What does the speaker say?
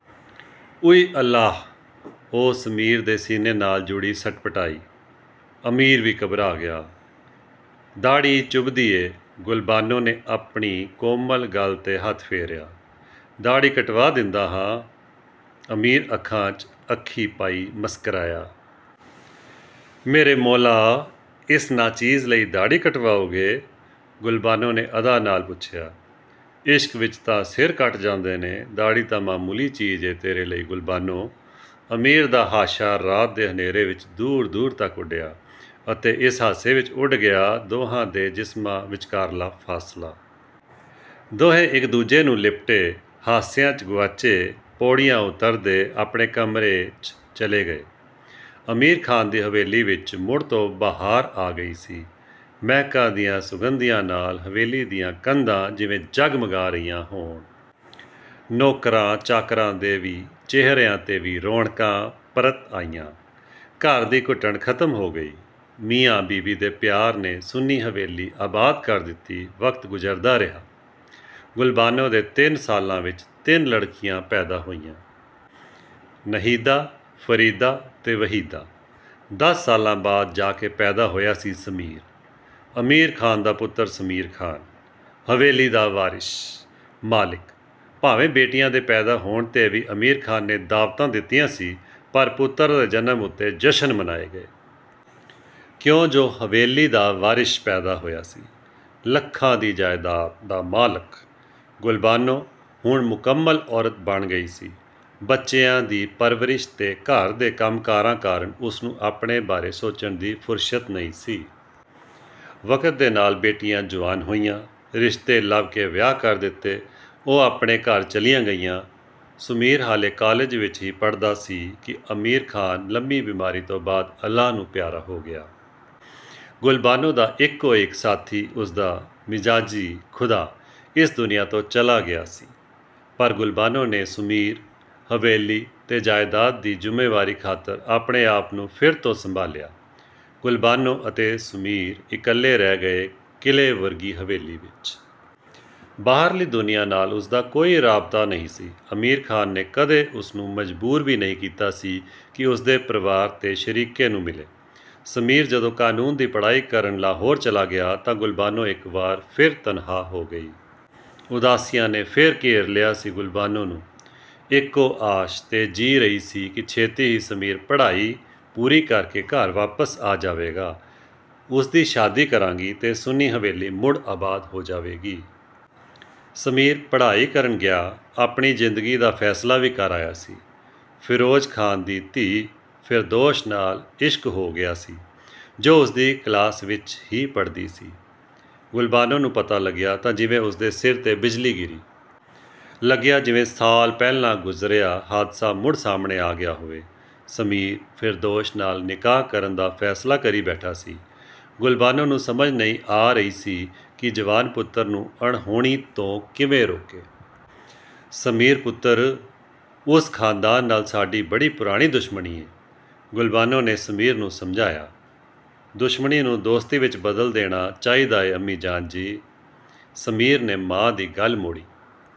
"ਊਈ ਅੱਲਾਹ"…. ਉਹ ਸਮੀਰ ਦੇ ਸੀਨੇ ਨਾਲ ਜੁੜੀ ਸਟਪਟਾਈ। ਅਮੀਰ ਵੀ ਘਬਰਾ ਗਿਆ। "ਦਾੜ੍ਹੀ ਚੁੱਭਦੀ ਏਂ "ਗੁਲਬਾਨੋ ਨੇ ਆਪਣੀ ਕੋਮਲ ਗਲ 'ਤੇ ਹੱਥ ਫੇਰਿਆ। "ਦਾੜ੍ਹੀ ਕਟਵਾਂ ਦਿੰਦਾਂ ਹਾਂ "ਅਮੀਰ ਅੱਖਾਂ, ਚ' ਅੱਖੀ ਪਾਈ ਮਸਕਰਾਇਆ। "ਮੇਰੇ ਮੌਲ੍ਹਾ.. ਇਸ ਨਾਚੀਜ਼ ਲਈ ਦਾੜ੍ਹੀ ਕਟਵਾਓਗੇ "…! ਗੁਲਬਾਨੋ ਨੇ ਅਦਾ ਨਾਲ ਪੁੱਛਿਆ। "ਇਸ਼ਕ ਵਿੱਚ ਤਾਂ ਸਿਰ ਕੱਟ ਜਾਂਦੇ ਨੇ, ਦਾੜ੍ਹੀ ਤਾਂ ਮਾਮੂਲੀ ਚੀਜ਼ ਏਂ ਤੇਰੇ ਲਈ ਗੁਲਬਾਨੋ "ਅਮੀਰ ਦਾ ਹਾਸ਼ਾ ਰਾਤ ਦੇ ਹਨੇਰੇ ਵਿੱਚ ਦੂਰ ਦੂਰ ਤੱਕ ਉਡਿਆ, ਅਤੇ ਇਸੇ ਹਾਸੇ ਵਿੱਚ ਉਡ ਗਿਆ ਦੋਹਾਂ ਦੇ ਜਿਸਮਾਂ ਵਿੱਚਕਾਰਲਾਂ ਫਾਸਲਾ। ਦੋਹੇਂ ਇੱਕ-ਦੂਜੇ ਨੂੰ ਲਿਪਟੇ, ਹਾਸਿਆ, ਚ' ਗੁਆਚੇ ਪੌੜੀਆਂ ਉਤਰਦੇ ਆਪਣੇ ਕਮਰੇ, ਚ' ਚਲੇ ਗਏ। ਅਮੀਰ ਖਾਨ ਦੀ ਹਵੇਲੀ ਵਿੱਚ ਮੁੜ ਤੋਂ ਬਹਾਰ ਆ ਗਈ ਸੀ। ਮਹਿਕਾਂ ਦੀਆ ਸੁਗੰਧੀਆਂ ਨਾਲ ਹਵੇਲੀ ਦੀਆ ਕੰਧਾਂ ਜਿਵੇਂ ਜਗ-ਮਗਾ ਰਹੀਆ ਹੋਣ। ਨੌਕਰਾਂ ਚਾਕਰਾਂ ਦੇ ਵੀ ਚਿਹਰਿਆਂ 'ਤੇ ਵੀ ਰੌਣਕਾ ਪ੍ਰਤ ਆਈਆ। ਘਰ ਦੀ ਘੁੱਟਣ ਖਤਮ ਹੋ ਗਈ। ਮੀਆਂ-ਬੀਵੀ ਦੇ ਪਿਆਰ ਨੇ ਸੁੰਨੀ ਹਵੇਲੀ ਆਬਾਦ ਕਰ ਦਿਤੀ ਵਕਤ ਗੁਜ਼ਰਦਾ ਰਿਹਾ। ਗੁਲਬਾਨੋ ਦੇ ਤਿੰਨ ਸਾਲਾਂ ਵਿੱਚ ਤਿੰਨ ਲੜਕੀਆਂ ਪੈਦਾ ਹੋਈਆ। ਨਹੀਦਾ, ਫਰੀਦਾ ਤੇ ਵਹੀਦਾ। ਦਸ ਸਾਲਾਂ ਬਾਅਦ ਜਾ ਕੇ ਪੈਦਾ ਹੋਇਆ ਸੀ ਸਮੀਰ। ਅਮੀਰ ਖਾਨ ਦਾ ਪੁੱਤਰ ਸਮੀਰ ਖਾਨ। ਹਵੇਲੀ ਦਾ ਵਾਰਿਸ਼, ਮਾਲਿਕ। ਭਾਵੇਂ ਬੇਟੀਆ ਦੇ ਪੈਦਾ ਹੋਣ 'ਤੇ ਵੀ ਅਮੀਰ ਖਾਨ ਨੇ ਦਾਅਵਤਾਂ ਦਿੱਤੀਆ ਸੀ, ਪਰ ਪੁੱਤਰ ਦੇ ਜਨਮ ਉਤੇ ਜਸ਼ਨ ਮਨਾਏ ਗਏ। ਕਿਉ ਜੋ ਹਵੇਲੀ ਦਾ ਵਾਰਿਸ਼ ਪੈਦਾ ਹੋਇਆ ਸੀ। ਲੱਖਾਂ ਦੀ ਜਾਇਦਾਤ ਦਾ.. ਮਾਲਕ। ਗੁਲਬਾਨੋ ਹੁਣ ਮੁਕੰਮਲ ਔਰਤ ਬਣ ਗਈ ਸੀ। ਬੱਚਿਆਂ ਦੀ ਪਰਵਰਿਸ਼ ਤੇ ਘਰ ਦੇ ਕੰਮਕਾਰਾ ਕਾਰਨ ਉਸਨੂੰ ਆਪਣੇ ਬਾਰੇ ਸੋਚਣ ਦੀ ਫੁਰਸ਼ਤ ਨਹੀ ਸੀ। ਵਕਤ ਦੇ ਨਾਲ ਬੇਟੀਆ ਜੁਆਨ ਹੋਈਆ, ਰਿਸ਼ਤੇ ਲੱਭਕੇ ਵਿਆਹ ਕਰ ਦਿਤੇ। ਉਹ ਆਪਣੇ ਘਰ ਚਲੀਆ ਗਈਆ। ਸੁਮੀਰ ਹਾਲੇ ਕਾਲਿਜ ਵਿੱਚ ਹੀ ਪੜ੍ਹਦਾ ਸੀ ਕਿ ਅਮੀਰ ਖਾਨ ਲੰਮੀ ਬਿਮਾਰੀ ਤੋਂ ਬਾਅਦ ਅੱਲਾਹ ਨੂੰ ਪਿਆਰਾ ਹੋ ਗਿਆ। ਗੁਲਬਾਨੋ ਦਾ ਇੱਕੋ-ਇੱਕ ਸਾਥੀ ਉਸਦਾ "ਮਿਜ਼ਾਜੀ ਖੁਦਾ"ਇਸ ਦੁਨੀਆ ਤੋਂ ਚਲਾ ਗਿਆ ਸੀ। ਪਰ ਗੁਲਬਾਨੋ ਨੇ ਸੁਮੀਰ, ਹਵੇਲੀ ਤੇ ਜਾਇਦਾਤ ਦੀ ਜੁੰਮੇਂਵਾਰੀ ਖਾਤਿਰ ਆਪਣੇ ਆਪ ਨੂੰ ਫਿਰ ਤੋਂ ਸੰਭਾਲਿਆਂ। ਗੁਲਬਾਨੋ ਅਤੇ ਸੁਮੀਰ ਇੱਕਲੇ ਰਹਿ ਗਏ ਕਿਲ੍ਹੇ ਵਰਗੀ ਹਵੇਲੀ ਵਿੱਚ। ਬਾਹਰਲੀ ਦੁਨੀਆਂ ਨਾਲ ਉਸਦਾ ਕੋਈ ਰਾਬਤਾ ਨਹੀ ਸੀ। ਅਮੀਰ ਖਾਨ ਨੇ ਕਦੇ ਉਸਨੂੰ ਮਜਬੂਰ ਵੀ ਨਹੀ ਕੀਤਾ ਸੀ ਕਿ ੳਸਦੇ ਪ੍ਰਵਾਰ ਤੇ ਸ਼ਰੀਕੇ ਨੂੰ ਮਿਲੇ। ਸਮੀਰ ਜਦੋ ਕਾਨੂੰਨ ਦੀ ਪੜ੍ਹਾਈ ਕਰਨ ਲਾਹੌਰ ਚਲਾ ਗਿਆ ਤਾਂ ਗੁਲਬਾਨੋ ਇਕ ਵਾਰ ਫਿਰ ਤਨਹਾ ਹੋ ਗਈ। ਉਦਾਸੀਆਂ ਨੇ ਫੇਰ ਘੇਰ ਲਿਆ ਸੀ ਗੁਲਬਾਨੋ ਨੂੰ। ਇਕੋ ਆਸ਼ ਤੇ ਜੀਅ ਰਹੀ ਸੀ ਕਿ ਛੇਤੀ ਹੀ ਸ਼ਮੀਰ ਪੜ੍ਹਾਈ ਪੂਰੀ ਕਰਕੇ ਘਰ ਵਾਪਸ ਆ ਜਾਵੇਗਾ। ਉਸਦੀ ਸ਼ਾਦੀ ਕਰਾਗੀ ਤੇ ਸੁੰਨੀ ਹਵੇਲੀ ਮੁੜ ਆਬਾਦ ਹੋ ਜਾਵੇਗੀ। ਸਮੀਰ ਪੜ੍ਹਾਈ ਕਰਨ ਗਿਆ, ਆਪਣੀ ਜ਼ਿੰਦਗੀ ਦਾ ਫੈਸਲਾ ਵੀ ਕਰ ਆਇਆ ਸੀ। "ਫਿਰੋਜ ਖਾਨ"ਦੀ ਧੀ ਫਿਰਦੋਸ਼ ਨਾਲ ਇਸ਼ਕ ਹੋ ਗਿਆ ਸੀ, ਜੋ ਉਸਦੀ ਕਲਾਸ ਵਿੱਚ ਹੀ ਪੜ੍ਹਦੀ ਸੀ। ਗੁਲਬਾਨੋ ਨੂੰ ਪਤਾ ਲੱਗਿਆ ਤਾਂ ਜਿਵੇ ਉਸਦੇ ਸਿਰ ਤੇ ਬਿਜਲੀ ਗਿਰੀ। ਲੱਗਿਆ ਜਿਵੇਂ ਸਾਲ ਪਹਿਲਾਂ ਗੁਜ਼ਰਿਆਂ ਹਾਦਸਾ ਮੁੜ ਸਾਹਮਣੇ ਆ ਗਿਆ ਹੋਵੇ। ਸਮੀਰ, ਫਿਰਦੌਸ਼ ਨਾਲ ਨਿਕਾਹ ਕਰਨ ਦਾ ਫੈਸਲਾ ਕਰੀ ਬੈਠਾ ਸੀ। ਗੁਲਬਾਨੋ ਨੂੰ ਸਮਝ ਨਹੀ ਆ ਰਹੀ ਸੀ ਕਿ ਜਵਾਨ ਪੁੱਤਰ ਨੂੰ ਅਣਹੋਣੀ ਤੋਂ ਕਿਵੇ ਰੋਕੇ। "ਸਮੀਰ ਪੁੱਤਰ…. ਉਸ ਖਾਨਦਾਨ ਨਾਲ ਸਾਡੀ ਬੜੀ ਪੁਰਾਣੀ ਦੁਸ਼ਮਣੀ ਏਂ "….. ਗੁਲਬਾਨੋ ਨੇ ਸਮੀਰ ਨੂੰ ਸਮਝਾਇਆ। "ਦੁਸ਼ਮਣੀ ਨੂੰ ਦੋਸਤੀ ਵਿੱਚ ਬਦਲ ਦੇਣਾ ਚਾਹੀਦਾ ਏ ਅੰਮੀ-ਜਾਨ ਜੀ "…. ਸਮੀਰ ਨੇ ਮਾਂ ਦੀ ਗੱਲ ਮੋੜੀ।